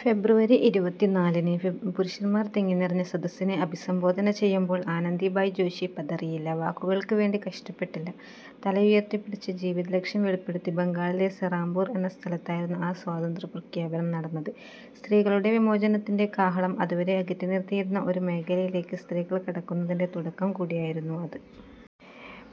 ഫെബ്രുവരി ഇരുപത്തിനാലിന് പുരുഷന്മാർ തിങ്ങിനിറഞ്ഞ സദസ്സിനെ അഭിസംബോധന ചെയ്യുമ്പോൾ ആനന്ദിബായ് ജോഷി പതറിയില്ല. വാക്കുകൾക്ക് വേണ്ടി കഷ്ടപ്പെട്ടില്ല. തലയുയർത്തിപ്പിടിച്ച്, ജീവിതലക്ഷ്യം വെളിപ്പെടുത്തി. ബംഗാളിലെ സെറാംപൂർ എന്ന സ്ഥലത്തായിരുന്നു ആ സ്വാതന്ത്ര്യ പ്രഖ്യാപനം നടന്നത്. സ്ത്രീകളുടെ വിമോചനത്തിൻ്റെ കാഹളം. അതുവരെ അകറ്റിനിർത്തിയിരുന്ന ഒരു മേഖലയിലേക്ക് സ്ത്രീകൾ കടക്കുന്നതിൻ്റെ തുടക്കം കൂടിയായിരുന്നു അത്.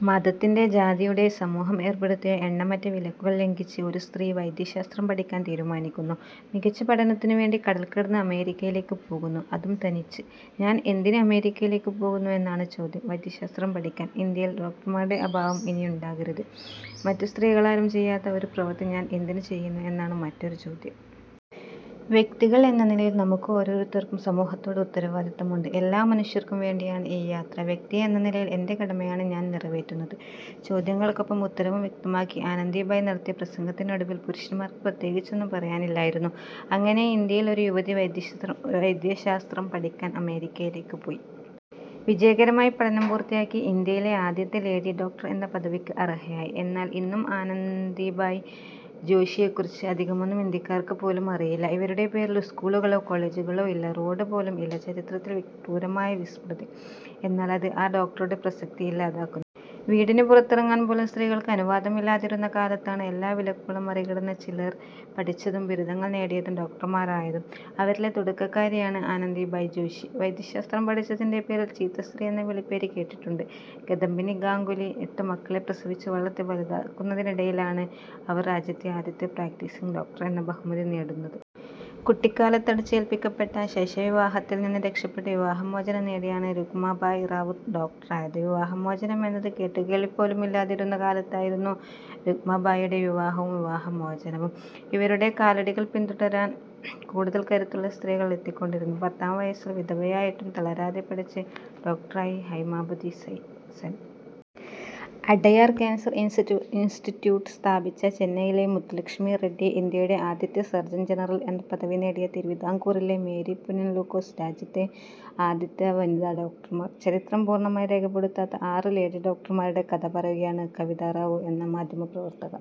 മതത്തിൻ്റെ, ജാതിയുടെ, സമൂഹം ഏർപ്പെടുത്തിയ എണ്ണമറ്റ വിലക്കുകൾ ലംഘിച്ച് ഒരു സ്ത്രീ വൈദ്യശാസ്ത്രം പഠിക്കാൻ തീരുമാനിക്കുന്നു. മികച്ച പഠനത്തിനുവേണ്ടി കടൽ കടന്ന് അമേരിക്കയിലേക്ക് പോകുന്നു. അതും തനിച്ച്. ഞാൻ എന്തിന് അമേരിക്കയിലേക്ക് പോകുന്നു എന്നാണ് ചോദ്യം. വൈദ്യശാസ്ത്രം പഠിക്കാൻ. ഇന്ത്യയിൽ ഡോക്ടർമാരുടെ അഭാവം ഇനിയുണ്ടാകരുത്. മറ്റു സ്ത്രീകളാരും ചെയ്യാത്ത ഒരു പ്രവൃത്തി ഞാൻ എന്തിന് ചെയ്യുന്നു എന്നാണ് മറ്റൊരു ചോദ്യം. വ്യക്തികൾ എന്ന നിലയിൽ നമുക്ക് ഓരോരുത്തർക്കും സമൂഹത്തോട് ഉത്തരവാദിത്തമുണ്ട്. എല്ലാ മനുഷ്യർക്കും വേണ്ടിയാണ് ഈ യാത്ര. വ്യക്തി എന്ന നിലയിൽ എൻ്റെ കടമയാണ് ഞാൻ നിറവേറ്റുന്നത്. ചോദ്യങ്ങൾക്കൊപ്പം ഉത്തരവും വ്യക്തമാക്കി ആനന്ദിബായ് നടത്തിയ പ്രസംഗത്തിനൊടുവിൽ പുരുഷന്മാർക്ക് പ്രത്യേകിച്ചൊന്നും പറയാനില്ലായിരുന്നു. അങ്ങനെ, ഇന്ത്യയിൽനിന്ന് ഒരു യുവതി വൈദ്യശാസ്ത്രം പഠിക്കാൻ അമേരിക്കയിലേക്ക് പോയി. വിജയകരമായി പഠനം പൂർത്തിയാക്കി. ഇന്ത്യയിലെ ആദ്യത്തെ ലേഡി ഡോക്ടർ എന്ന പദവിക്ക് അർഹയായി. എന്നാൽ, ഇന്നും ആനന്ദിബായ് ജോഷിയെക്കുറിച്ച് അധികമൊന്നും ഇന്ത്യക്കാർക്ക് പോലും അറിയില്ല. അവരുടെ പേരിൽ സ്കൂളുകളോ കോളജുകളോ ഇല്ല. റോഡ് പോലും ഇല്ല. ചരിത്രത്തിൻ്റെ ക്രൂരമായ വിസ്മൃതി. എന്നാൽ, അത് ആ ഡോക്ടറുടെ പ്രസക്തി ഇല്ലാതാക്കുന്നില്ല. വീടിന് പുറത്തിറങ്ങാൻ പോലും സ്ത്രീകൾക്ക് അനുവാദമില്ലാതിരുന്ന കാലത്താണ് എല്ലാ വിലക്കുകളും മറികടന്ന് ചിലർ പഠിച്ചതും ബിരുദങ്ങൾ നേടിയതും ഡോക്ടർമാരായതും. അവരിലെ തുടക്കക്കാരിയാണ് ആനന്ദിബായ് ജോഷി. വൈദ്യശാസ്ത്രം പഠിച്ചതിൻ്റെ പേരിൽ ചീത്ത സ്ത്രീ എന്ന് വിളിപ്പേര് കേട്ടിട്ടുണ്ട് കദംബിനി ഗാംഗുലി. എട്ടു മക്കളെ പ്രസവിച്ച് വളർത്തി വലുതാക്കുന്നതിനിടയിലാണ് അവർ രാജ്യത്തെ ആദ്യത്തെ പ്രാക്ടീസിംഗ് ഡോക്ടർ എന്ന ബഹുമതി നേടുന്നത്. കുട്ടിക്കാലത്ത് അടിച്ചേൽപിക്കപ്പെട്ട ശൈശവ വിവാഹത്തിൽനിന്ന് രക്ഷപ്പെട്ട് വിവാഹമോചനം നേടിയാണ് രുക്മാബായ് റാവുത്ത് ഡോക്ടറായത്. വിവാഹമോചനം എന്നത് കേട്ടുകേൾവി പോലുമില്ലാതിരുന്ന കാലത്തായിരുന്നു രുക്മാബായിയുടെ വിവാഹവും വിവാഹമോചനവും. ഇവരുടെ കാലടികൾ പിന്തുടരാൻ കൂടുതൽ കരുത്തുള്ള സ്ത്രീകൾ എത്തിക്കൊണ്ടിരുന്നു. പത്താം വയസ്സിൽ വിധവയായിട്ടും തളരാതെ പഠിച്ച് ഡോക്ടറായി ഹൈമാബതി സെൻ. അഡയാർ കാൻസർ ഇൻസ്റ്റിറ്റ്യൂട്ട് സ്ഥാപിച്ച ചെന്നൈയിലെ മുത്തുലക്ഷ്മി റെഡ്ഡി. ഇന്ത്യയുടെ ആദ്യത്തെ സർജൻ ജനറൽ എന്ന പദവി നേടിയ തിരുവിതാംകൂറിലെ മേരി പുന്നൻ ലൂക്കോസ് രാജ്യത്തെ ആദ്യത്തെ വനിതാ ഡോക്ടർമാർ. ചരിത്രം പൂർണ്ണമായി രേഖപ്പെടുത്താത്ത ആറ് ലേഡി ഡോക്ടർമാരുടെ കഥ പറയുകയാണ് കവിത റാവു എന്ന മാധ്യമപ്രവർത്തക.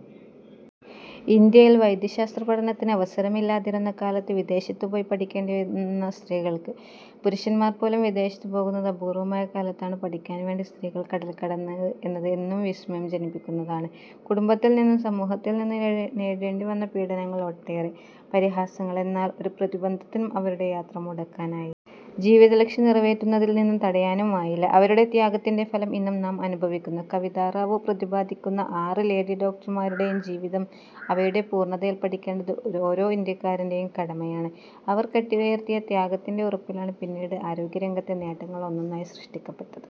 ഇന്ത്യയിൽ വൈദ്യശാസ്ത്ര പഠനത്തിന് അവസരമില്ലാതിരുന്ന കാലത്ത് വിദേശത്ത് പോയി പഠിക്കേണ്ടിവന്നു സ്ത്രീകൾക്ക്. പുരുഷന്മാർ പോലും വിദേശത്ത് പോകുന്നത് അപൂർവ്വമായ കാലത്താണ് പഠിക്കാൻവേണ്ടി സ്ത്രീകൾ കടൽ കടന്നത് എന്നത് ഇന്നും വിസ്മയം ജനിപ്പിക്കുന്നതാണ്. കുടുംബത്തിൽനിന്നും സമൂഹത്തിൽനിന്നും നേരിടേണ്ടിവന്ന പീഡനങ്ങൾ ഒട്ടേറെ. പരിഹാസങ്ങൾ. എന്നാൽ, ഒരു പ്രതിബന്ധത്തിനും അവരുടെ യാത്ര മുടക്കാനായില്ല. ജീവിത ലക്ഷ്യം നിറവേറ്റുന്നതിൽ നിന്ന് തടയാനുമായില്ല. അവരുടെ ത്യാഗത്തിൻ്റെ ഫലം ഇന്നും നാം അനുഭവിക്കുന്നു. കവിത റാവു പ്രതിപാദിക്കുന്ന ആറ് ലേഡി ഡോക്ടർമാരുടെയും ജീവിതം അവയുടെ പൂർണ്ണതയിൽ പഠിക്കേണ്ടത് ഓരോ ഇന്ത്യക്കാരൻ്റെയും കടമയാണ്. അവർ കെട്ടിയുയർത്തിയ ത്യാഗത്തിൻ്റെ ഉറപ്പിലാണ് പിന്നീട് ആരോഗ്യ രംഗത്തെ നേട്ടങ്ങൾ ഒന്നൊന്നായി സൃഷ്ടിക്കപ്പെട്ടത്.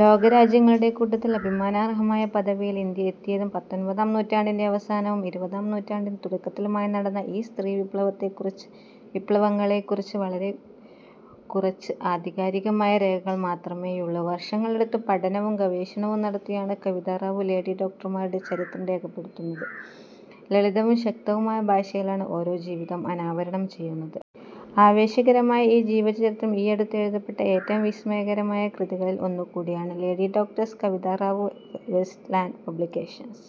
ലോകരാജ്യങ്ങളുടെ കൂട്ടത്തിൽ അഭിമാനാർഹമായ പദവിയിൽ ഇന്ത്യ എത്തിയതും. പത്തൊൻപതാം നൂറ്റാണ്ടിൻ്റെ അവസാനവും ഇരുപതാം നൂറ്റാണ്ടിൻ്റെ തുടക്കത്തിലുമായി നടന്ന ഈ സ്ത്രീവിപ്ലവങ്ങളെക്കുറിച്ച് വളരെക്കുറച്ച് ആധികാരികമായ രേഖകൾ മാത്രമേയുള്ളൂ. വർഷങ്ങളെടുത്ത് പഠനവും ഗവേഷണവും നടത്തിയാണ് കവിത റാവു ലേഡി ഡോക്ടർമാരുടെ ചരിത്രം രേഖപ്പെടുത്തുന്നത്. ലളിതവും ശക്തവുമായ ഭാഷയിലാണ് ഓരോ ജീവിതവും അനാവരണം ചെയ്യുന്നത്. ആവേശകരമായ ഈ ജീവചരിത്രം ഈയടുത്ത് എഴുതപ്പെട്ട ഏറ്റവും വിസ്മയകരമായ കൃതികളിൽ ഒന്നുകൂടിയാണ്. ലേഡി ഡോക്ടേഴ്സ് കവിത റാവു വെസ്റ്റ് ലാൻഡ് പബ്ലിക്കേഷൻസ്.